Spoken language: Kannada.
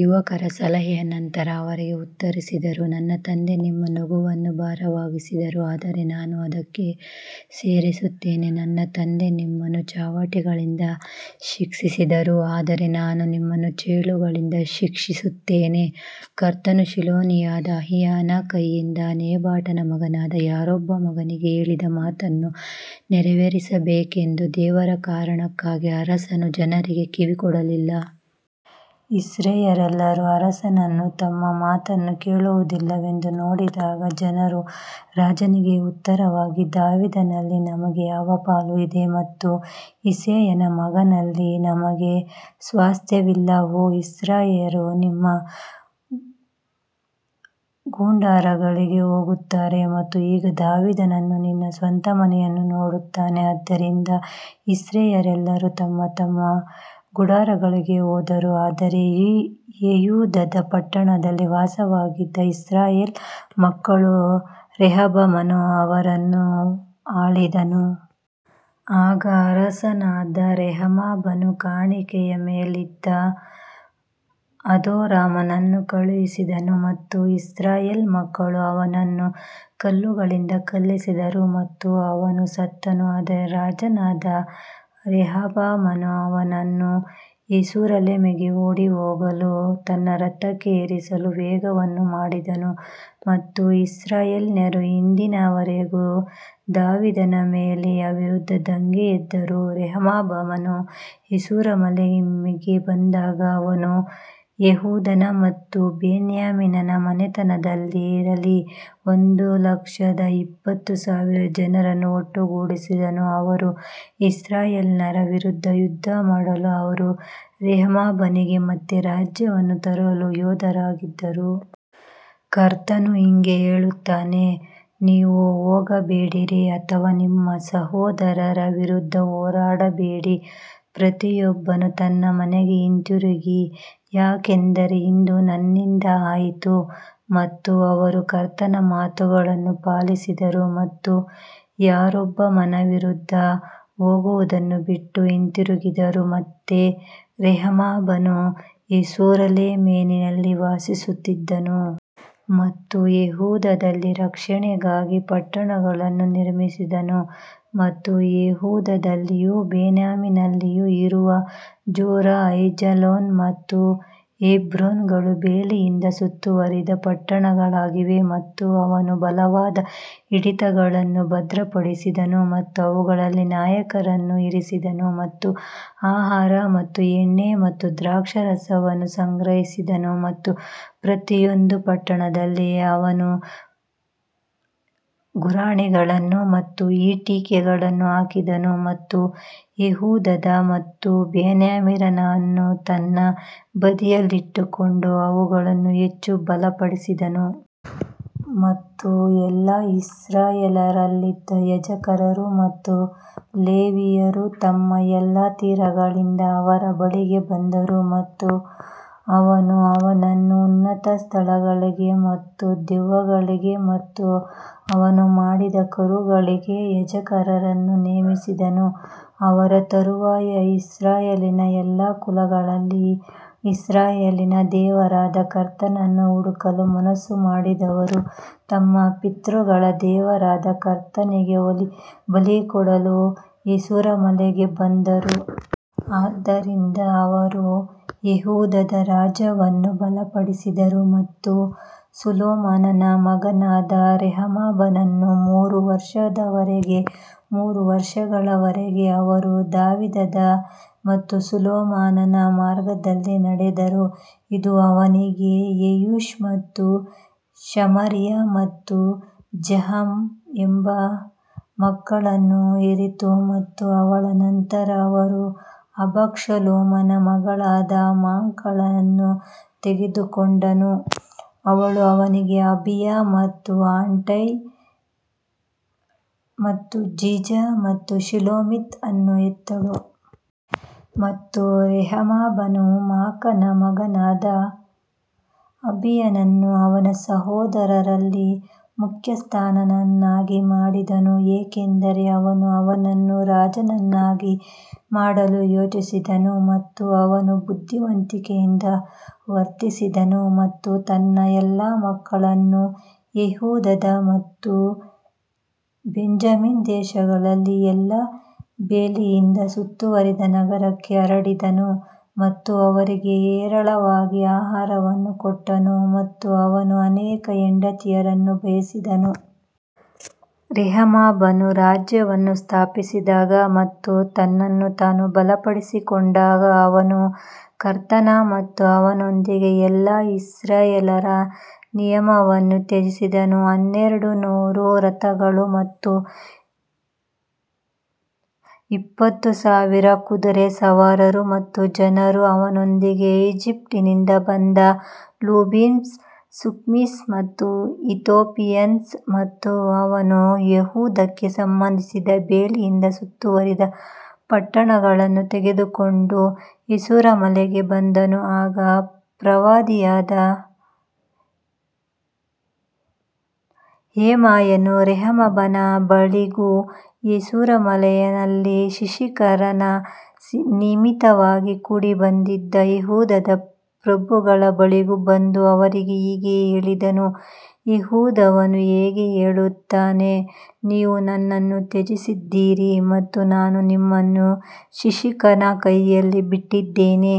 ಯುವಕರ ಸಲಹೆಯ ನಂತರ ಅವರಿಗೆ ಉತ್ತರಿಸಿದರು, ನನ್ನ ತಂದೆ ನಿಮ್ಮ ನೊಗವನ್ನು ಭಾರವಾಗಿಸಿದರು ಆದರೆ ನಾನು ಅದಕ್ಕೆ ಸೇರಿಸುತ್ತೇನೆ ನನ್ನ ತಂದೆ ನಿಮ್ಮನ್ನು ಚಾವಟಿಗಳಿಂದ ಶಿಕ್ಷಿಸಿದರು ಆದರೆ ನಾನು ನಿಮ್ಮನ್ನು ಚೇಳುಗಳಿಂದ ಶಿಕ್ಷಿಸುತ್ತೇನೆ. ಕರ್ತನು ಶಿಲೋನಿಯನಾದ ಅಹೀಯನ ಕೈಯಿಂದ ನೆಬಾಟನ ಮಗನಾದ ಯಾರೊಬ್ಬಾಮನಿಗೆ ಹೇಳಿದ ಮಾತುಗಳನ್ನು ನೆರವೇರಿಸಬೇಕೆಂದು ದೇವರ ಕಾರಣಕ್ಕಾಗಿ ಅರಸನು ಜನರಿಗೆ ಕಿವಿಗೊಡಲಿಲ್ಲ. ಇಸ್ರಾಯೇಲ್ಯರೆಲ್ಲರೂ ಅರಸನು ತಮ್ಮ ಮಾತನ್ನು ಕೇಳುವುದಿಲ್ಲವೆಂದು ನೋಡಿದಾಗ ಜನರು ರಾಜನಿಗೆ ಉತ್ತರವಾಗಿ ದಾವೀದನಲ್ಲಿ ನಮಗೆ ಯಾವ ಪಾಲು ಇದೆ ಮತ್ತು ಇಸ್ಸೆಯನ ಮಗನಲ್ಲಿ ನಮಗೆ ಸ್ವಾಸ್ತ್ಯವಿಲ್ಲ, ಓ ಇಸ್ರಾಯೇಲ್ಯರು ನಿಮ್ಮ ಗುಡಾರಗಳಿಗೆ ಹೋಗುತ್ತಾರೆ ಮತ್ತು ಈಗ ದಾವೀದನು ನಿನ್ನ ಸ್ವಂತ ಮನೆಯನ್ನು ನೋಡುತ್ತಾನೆ. ಆದ್ದರಿಂದ ಇಸ್ರಾಯೇಲ್ಯರೆಲ್ಲರೂ ತಮ್ಮ ತಮ್ಮ ಗುಡಾರಗಳಿಗೆ ಹೋದರು ಆದರೆ ಯೆಹೂದದ ಪಟ್ಟಣಗಳಲ್ಲಿ ವಾಸವಾಗಿದ್ದ ಇಸ್ರಾಯೇಲ್ ಮಕ್ಕಳು ರೆಹಬ್ಬಾಮನು ಅವರನ್ನು ಆಳಿದನು. ಆಗ ಅರಸನಾದ ರೆಹಬ್ಬಾಮನು ಕಾಣಿಕೆಯ ಮೇಲಿದ್ದ ಹದೋರಾಮನನ್ನು ಕಳುಹಿಸಿದನು ಮತ್ತು ಇಸ್ರಾಯೇಲ್ ಮಕ್ಕಳು ಅವನನ್ನು ಕಲ್ಲುಗಳಿಂದ ಕಲ್ಲೆಸೆದರು ಮತ್ತು ಅವನು ಸತ್ತನು ಆದರೆ ರಾಜನಾದ ರೆಹಬ್ಬಾಮನು ಅವನನ್ನು ಯೆರೂಸಲೇಮಿಗೆ ಓಡಿಹೋಗಲು ತನ್ನ ರಥಕ್ಕೆ ಏರಿಸಲು ವೇಗವನ್ನು ಮಾಡಿದನು. ಮತ್ತು ಇಸ್ರಾಯೇಲ್ಯರು ಇಂದಿನವರೆಗೂ ದಾವೀದನ ಮನೆಯ ವಿರುದ್ಧ ದಂಗೆಯೆದ್ದರು ರೆಹಬ್ಬಾಮನು ಯೆರೂಸಲೇಮಿಗೆ ಬಂದಾಗ ಅವನು ಯೆಹೂದ ಮತ್ತು ಬೆನ್ಯಾಮೀನನ ಮನೆತನದವರಲ್ಲಿ ಒಂದು ಲಕ್ಷದ ಎಪ್ಪತ್ತು ಸಾವಿರ ಜನರನ್ನು ಒಟ್ಟುಗೂಡಿಸಿದನು, ಅವರು ಇಸ್ರಾಯೇಲ್ಯರ ವಿರುದ್ಧ ಯುದ್ಧಮಾಡಲು ಅವರು ರೆಹಬ್ಬಾಮನಿಗೆ ಮತ್ತೆ ರಾಜ್ಯವನ್ನು ತರಲು ಯೋಧರಾಗಿದ್ದರು. ಕರ್ತನು ಹೀಗೆ ಹೇಳುತ್ತಾನೆ ನೀವು ಹೋಗಬೇಡಿರಿ ಅಥವಾ ನಿಮ್ಮ ಸಹೋದರರ ವಿರುದ್ಧ ಹೋರಾಡಬೇಡಿ ಪ್ರತಿಯೊಬ್ಬನು ತನ್ನ ಮನೆಗೆ ಹಿಂತಿರುಗಿ ಯಾಕಂದರೆ ಇದು ನನ್ನಿಂದ ಆಯಿತು ಮತ್ತು ಅವರು ಕರ್ತನ ಮಾತುಗಳನ್ನು ಪಾಲಿಸಿದರು ಮತ್ತು ಯಾರೊಬ್ಬಾಮನ ವಿರುದ್ಧ ಹೋಗುವುದನ್ನು ಬಿಟ್ಟು ಹಿಂತಿರುಗಿದರು. ಮತ್ತು ರೆಹಬ್ಬಾಮನು ಯೆರೂಸಲೇಮಿನಲ್ಲಿ ವಾಸಿಸುತ್ತಿದ್ದನು ಮತ್ತು ಯೆಹೂದದಲ್ಲಿ ರಕ್ಷಣೆಗಾಗಿ ಪಟ್ಟಣಗಳನ್ನು ನಿರ್ಮಿಸಿದನು ಮತ್ತು ಯೆಹೂದದಲ್ಲಿಯೂ ಬೆನ್ಯಾಮೀನ್ನಲ್ಲಿಯೂ ಇರುವ ಜೋರಾ, ಐಜಾಲೋನ್ ಮತ್ತು ಹೆಬ್ರೋನ್ಗಳು ಬೇಲಿಯಿಂದ ಸುತ್ತುವರಿದ ಪಟ್ಟಣಗಳಾಗಿವೆ ಮತ್ತು ಅವನು ಬಲವಾದ ಹಿಡಿತಗಳನ್ನು ಭದ್ರಪಡಿಸಿದನು ಮತ್ತು ಅವುಗಳಲ್ಲಿ ನಾಯಕರನ್ನು ಇರಿಸಿದನು ಮತ್ತು ಆಹಾರ ಮತ್ತು ಎಣ್ಣೆ ಮತ್ತು ದ್ರಾಕ್ಷಾರಸವನ್ನು ಸಂಗ್ರಹಿಸಿದನು ಮತ್ತು ಪ್ರತಿಯೊಂದು ಪಟ್ಟಣದಲ್ಲಿ ಅವನು ಗುರಾಣಿಗಳನ್ನು ಮತ್ತು ಈಟಿಗಳನ್ನು ಹಾಕಿದನು ಮತ್ತು ಯೆಹೂದ ಮತ್ತು ಬೆನ್ಯಾಮಿನರನ್ನು ತನ್ನ ಬದಿಯಲ್ಲಿಟ್ಟುಕೊಂಡು ಅವುಗಳನ್ನು ಹೆಚ್ಚು ಬಲಪಡಿಸಿದನು. ಮತ್ತು ಎಲ್ಲಾ ಇಸ್ರಾಯೇಲ್ಯರಲ್ಲಿದ್ದ ಯಾಜಕರು ಮತ್ತು ಲೇವಿಯರು ತಮ್ಮ ಎಲ್ಲಾ ತೀರಗಳಿಂದ ಅವನ ಬಳಿಗೆ ಬಂದರು ಮತ್ತು ಅವನು ಅವನನ್ನು ಉನ್ನತ ಸ್ಥಳಗಳಿಗೆ ಮತ್ತು ದೆವ್ವಗಳಿಗೆ ಮತ್ತು ಅವನು ಮಾಡಿದ ಕರುಗಳಿಗೆ ಯಾಜಕರನ್ನು ನೇಮಿಸಿದನು. ಅವರ ತರುವಾಯ ಇಸ್ರಾಯೇಲಿನ ಎಲ್ಲಾ ಕುಲಗಳಲ್ಲಿ ಇಸ್ರಾಯೇಲಿನ ದೇವರಾದ ಕರ್ತನನ್ನು ಹುಡುಕಲು ಮನಸ್ಸು ಮಾಡಿದವರು ತಮ್ಮ ಪಿತೃಗಳ ದೇವರಾದ ಕರ್ತನಿಗೆ ಬಲಿಕೊಡಲು ಯೆರೂಸಲೇಮಿಗೆ ಬಂದರು. ಆದ್ದರಿಂದ ಅವರು ಯೆಹೂದದ ರಾಜ್ಯವನ್ನು ಬಲಪಡಿಸಿದರು ಮತ್ತು ಸೊಲೊಮೋನನ ಮಗನಾದ ರೆಹಬ್ಬಾಮನನ್ನು ಮೂರು ವರ್ಷಗಳವರೆಗೆ ಮೂರು ವರ್ಷಗಳವರೆಗೆ ಅವರು ದಾವೀದ ಮತ್ತು ಸೊಲೊಮೋನನ ಮಾರ್ಗದಲ್ಲಿ ನಡೆದರು. ಇದು ಅವನಿಗೆ ಯೆಯೂಷ್ ಮತ್ತು ಶಮಾರಿಯಾ ಮತ್ತು ಜಹಾಮ್ ಎಂಬ ಮಕ್ಕಳನ್ನು ಹೆರಿತು ಮತ್ತು ಅವಳ ನಂತರ ಅವನು ಅಬ್ಷಾಲೋಮನ ಮಗಳಾದ ಮಾಕಳನ್ನು ತೆಗೆದುಕೊಂಡನು, ಅವಳು ಅವನಿಗೆ ಅಬೀಯ ಮತ್ತು ಅಟ್ಟೈ ಮತ್ತು ಜಿಜಾ ಮತ್ತು ಶೆಲೋಮಿತ್ ಅನ್ನು ಹೆತ್ತಳು. ಮತ್ತು ರೆಹಬ್ಬಾಮನು ಮಾಕನ ಮಗನಾದ ಅಬೀಯನನ್ನು ಅವನ ಸಹೋದರರಲ್ಲಿ ಮುಖ್ಯಸ್ಥನನ್ನಾಗಿ ಮಾಡಿದನು, ಏಕೆಂದರೆ ಅವನು ಅವನನ್ನು ರಾಜನನ್ನಾಗಿ ಮಾಡಲು ಯೋಚಿಸಿದನು. ಮತ್ತು ಅವನು ಬುದ್ಧಿವಂತಿಕೆಯಿಂದ ವರ್ತಿಸಿದನು ಮತ್ತು ತನ್ನ ಎಲ್ಲಾ ಮಕ್ಕಳನ್ನು ಯೆಹೂದ ಮತ್ತು ಬೆಂಜಮಿನ್ ದೇಶಗಳಲ್ಲಿ ಎಲ್ಲಾ ಬೇಲಿಯಿಂದ ಸುತ್ತುವರಿದ ನಗರಕ್ಕೆ ಹರಡಿದನು ಮತ್ತು ಅವರಿಗೆ ಹೇರಳವಾಗಿ ಆಹಾರವನ್ನು ಕೊಟ್ಟನು ಮತ್ತು ಅವನು ಅನೇಕ ಹೆಂಡತಿಯರನ್ನು ಬಯಸಿದನು. ರೆಹಬ್ಬಾಮನು ರಾಜ್ಯವನ್ನು ಸ್ಥಾಪಿಸಿದಾಗ ಮತ್ತು ತನ್ನನ್ನು ತಾನು ಬಲಪಡಿಸಿಕೊಂಡಾಗ ಅವನು ಕರ್ತನ ಮತ್ತು ಅವನೊಂದಿಗೆ ಎಲ್ಲಾ ಇಸ್ರಾಯೇಲ್ಯರ ನಿಯಮವನ್ನು ತ್ಯಜಿಸಿದನು. ಹನ್ನೆರಡು ನೂರು ರಥಗಳು ಮತ್ತು ಎಪ್ಪತ್ತು ಸಾವಿರ ಕುದುರೆ ಸವಾರರು ಮತ್ತು ಜನರು ಅವನೊಂದಿಗೆ ಈಜಿಪ್ಟಿನಿಂದ ಬಂದ ಲುಬಿಮ್ಸ್ ಸುಕ್ಕಿಮ್ಸ್ ಮತ್ತು ಇಥಿಯೋಪಿಯನ್ಸ್ ಮತ್ತು ಅವನು ಯೆಹೂದಕ್ಕೆ ಸಂಬಂಧಿಸಿದ ಬೇಲಿಯಿಂದ ಸುತ್ತುವರಿದ ಪಟ್ಟಣಗಳನ್ನು ತೆಗೆದುಕೊಂಡು ಯೆರೂಸಲೇಮಿಗೆ ಬಂದನು ಆಗ ಪ್ರವಾದಿಯಾದ ಶೆಮಾಯನು ರೆಹಬ್ಬಾಮನ ಬಳಿಗೂ ಯೆರೂಸಲೇಮಿನಲ್ಲಿ ಶೀಶಕನ ನಿಮಿತ್ತವಾಗಿ ಕೂಡಿಬಂದಿದ್ದ ಯೆಹೂದದ ಪ್ರಭುಗಳ ಬಳಿಗೂ ಬಂದು ಅವರಿಗೆ ಹೀಗೆ ಹೇಳಿದನು, ಯೆಹೋವನು ಹೀಗೆ ಹೇಳುತ್ತಾನೆ ನೀವು ನನ್ನನ್ನು ತ್ಯಜಿಸಿದ್ದೀರಿ ಮತ್ತು ನಾನು ನಿಮ್ಮನ್ನು ಶಿಶಕನ ಕೈಯಲ್ಲಿ ಬಿಟ್ಟಿದ್ದೇನೆ.